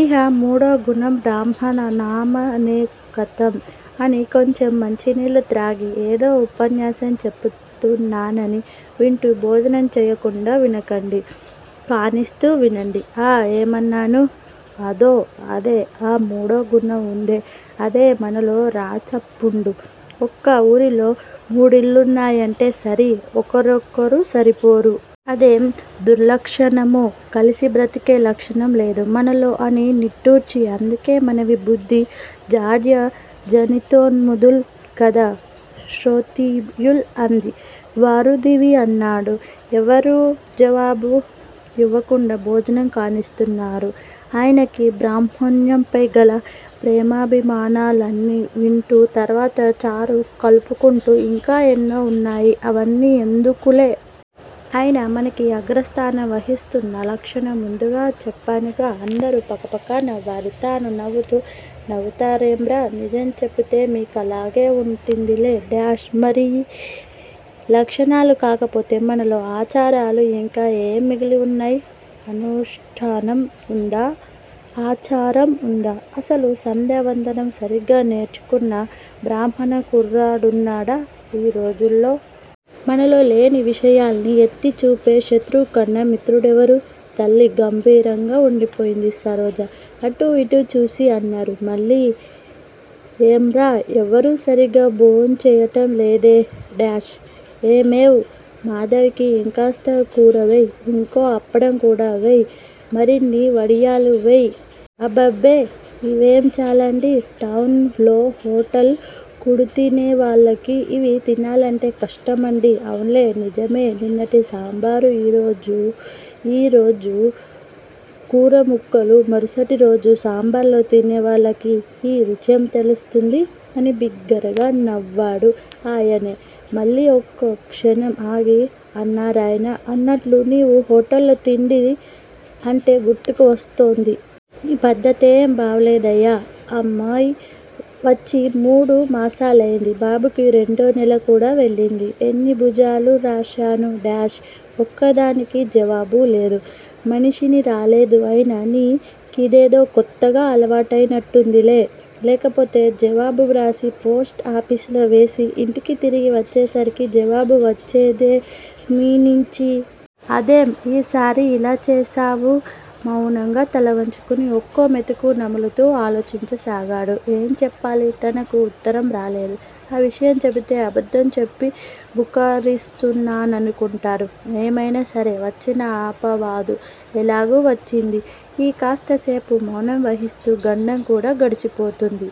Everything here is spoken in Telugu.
ఇహ మూడో గుణం బ్రహ్మణానామనేకతమ్ అని కొంచెం మంచి నీళ్ళు త్రాగి, ఏదో ఉపన్యాసం చెపుతున్నానని వింటూ భోజనం చెయ్యకుండా వినకండి. కానిస్తూ వినండి. ఆ ఎమన్నాను? అదో అదే ఆ మూడో గుణం వుందే అదే మనలో రాచపుండు. ఒక వూరిలో మూడిళ్ళున్నాయంటే సరి ఒకరికొకరు సరిపోరు. అదేం దుర్లక్షణమో కలిసి బ్రతికే లక్షణం లేదు మనలో అని నిట్టూర్చి అందుకే మనవి బుద్ది జాడ్య జనితోన్మాదుల్ కదా శ్రోత్రియుల్ అంది వరూధిని అన్నాడు. ఎవరూ జవాబు యివకుండా భోజనం కానిస్తున్నారు ఆయనకి బ్రహ్మణ్యంపై గల ప్రేమాభిమానాలనివింటూ. తర్వాత చారు కలుపుకుంటూ ఇంకా ఎన్నో వున్నాయ్ అవన్నీ ఎందుకులే. అయినా మనకి అగ్రస్థానం వహిస్తోన్న లక్షణం ముందుగా చెప్పానుగా అందరూ పకపక నవ్వారు. తనూ నవ్వుతూ నవ్వుతారేమర్రా? నిజం చెపితే మికలాగే వుంటుందిలే- మరి యీ లక్షణాలు కాకపోతే మనలో ఆచారాలు యింకా ఏం మిగిలివున్నాయ్? అనుష్టానం వుందా? ఆచారం వుందా? అసలు సంధ్యావందనం సరిగా నేర్చుకున్న బ్రాహ్మణకుర్రాడున్నాడా యీ రోజుల్లో? మనలో లేని విషయాల్ని ఎత్తి చూపే శత్రువుకన్నా మిత్రుడేవరు తల్లీ గంభీరంగా వుండిపోయింది సరోజ. అటూ యిటూ చూసి అన్నారు మళ్ళీ ఏమర్రా ఎవరూ సరిగా భోంచేయటం లేదే- ఏమేవ్ మాధవ్ కి యింకాస్త కూరవేయ్. ఇంకో అప్పడం కూడా వెయ్. మరిన్ని వడియాలు వెయ్. అబ్బబ్బే! ఇవే చాలండి. టౌన్ లో హోటల్ కూడుతినేవాళ్ళకి ఇవి తినాలంటే కష్టమండి అవున్లే నిజమే! నిన్నటి సాంబారు, యీరోజు, ఈరోజు కూరముక్కలు మరుసటి రోజు సాంబార్లో తినేవాళ్ళకి యీ రుచేం తెలుస్తుంది! అని బిగ్గరగా నవ్వాడు ఆయనే. మళ్ళీ ఓ క్షణం ఆగి అన్నారాయన అన్నట్లు నీవు హోటల్ తిండి అంటే గుర్తుకి వస్తోంది. నీ పద్దతేం బావులేదయ్యా అమ్మాయ్ వచ్చి మూడు మాసాలైంది, బాబుకి రెండో నెల కూడా వెళ్ళింది. ఎన్ని జాబులు రాశాను- ఒక్కదానికి జవాబు లేదు. మనిషివి రాలేదు అయినా నీ కిదేదో కొత్తగా అలవాటైనట్టుందిలే! లేకపోతే జాబు వ్రాసి పోస్ట్ ఆఫీసులో వేసి యింటికి తిరిగి వచ్చేసరికి జవాబు వచ్చేదే మీనించి! అదేం యీ సారి యిలా చేశావు? మౌనంగా తలవంచుకొని ఒక్కో మెతుకే నములుతూ ఆలోచించసాగాడు. ఏం చెప్పాలి? తనకు వుత్తరం రాలేదు. ఆ విషయం చెపితే అబద్దం చెప్పి బుకరిస్తున్నాననుకుంటారు. ఏమైనా సరే వచ్చిన అపవాదు ఎలాగూ వచ్చింది. ఈ కాస్త సేపు మౌనం వహిస్తూ గండం కూడా గడిచిపోతుంది.